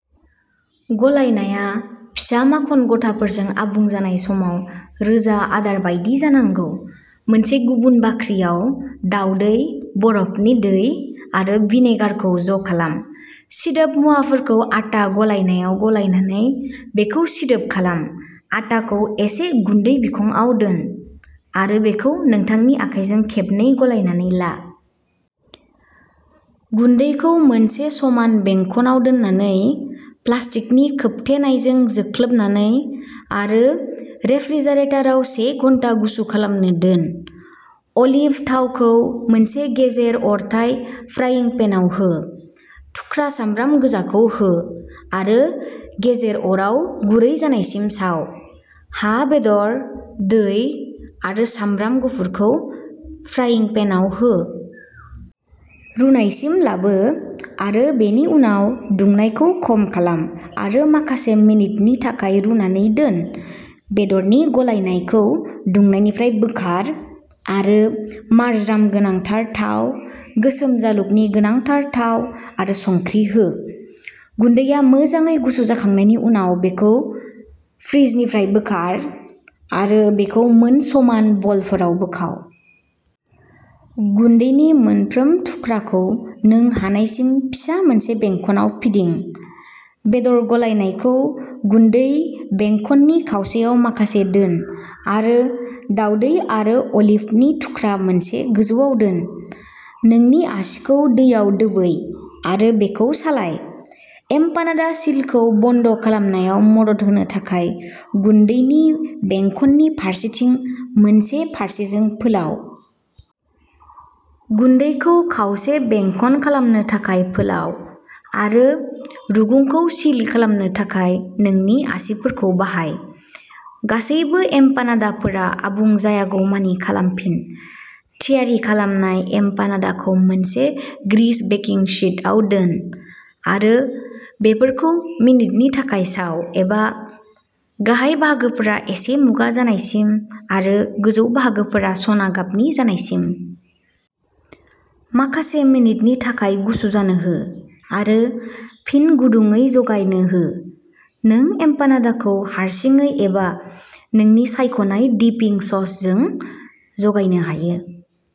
गलायनाया फिसा माखन गथाफोरजों आबुं जानाय समाव रोजा आदार बायदि जानांगौ। मोनसे गुबुन बाख्रियाव, दावदै, बरफनि दै आरो भिनेगारखौ ज'खालाम। सिदोब मुवाफोरखौ आटा गलायनायाव गलायनानै बेखौ सिदोब खालाम। आटाखौ एसे गुन्दै बिखंआव दोन, आरो बेखौ नोंथांनि आखाइजों खेबनै गलायनानै ला। गुन्दैखौ मोनसे समान बेंखनआव दोननानै, प्लास्टिकनि खोबथेनायजों जोख्लोबनानै, आरो रेफ्रिजारेटाराव से घन्टा गुसु खालामनो दोन। अलिभ थावखौ मोनसे गेजेर-अरथाय फ्राइं पेनआव हो। थुख्रा सामब्राम गोजाखौ हो, आरो गेजेर अराव गुरै जानायसिम साव। हा-बेदर, दै आरो सामब्राम गुफुरखौ फ्राइं पेनआव हो। रुनायसिम लाबो, आरो बेनि उनाव दुंनायखौ खम खालाम आरो माखासे मिनिटनि थाखाय रुनानै दोन। बेदरनि गलायनायखौ दुंनायनिफ्राय बोखार, आरो मार्जराम गोनांथार थाव, गोसोम जालुगनि गोनांथार थाव आरो संख्रि हो। गुन्दैआ मोजाङै गुसु जाखांनायनि उनाव, बेखौ फ्रिजनिफ्राय बोखार आरो बेखौ मोन समान बलफोराव बोखाव। गुन्दैनि मोनफ्रोम थुख्राखौ नों हानायसिम फिसा मोनसे बेंखनआव फिदिं। बेदर गलायनायखौ गुन्दै बेंखननि खावसेयाव माखासे दोन, आरो दावदै आरो अलिभनि थुख्रा मोनसे गोजौआव दोन। नोंनि आसिखौ दैयाव दोबै आरो बेखौ सालाय। एमपानादा सिलखौ बन्द खालामनायाव मदद होनो थाखाय गुन्दैनि बेंखननि फारसेथिं मोनसे फारसेजों फोलाव। गुन्दैखौ खावसे बेंखन खालामनो थाखाय फोलाव, आरो रुगुंखौ सिल खालामनो थाखाय नोंनि आसिफोरखौ बाहाय। गासैबो एमपानादाफोरा आबुं जायागौमानि खालामफिन। थियारि खालामनाय एमपानादाखौ मोनसे ग्रीस बेकिं शीटआव दोन, आरो बेफोरखौ मिनिटनि थाखाय साव, एबा गाहाय बाहागोफोरा एसे मुगा जानायसिम आरो गोजौ बाहागोफोरा सना गाबनि जानायसिम। माखासे मिनिटनि थाखाय गुसु जानो हो आरो फिन गुदुंयै जगायनो हो। नों एमपानादाखौ हारसिङै एबा नोंनि सायख'नाय डिपिं ससजों जगायनो हायो।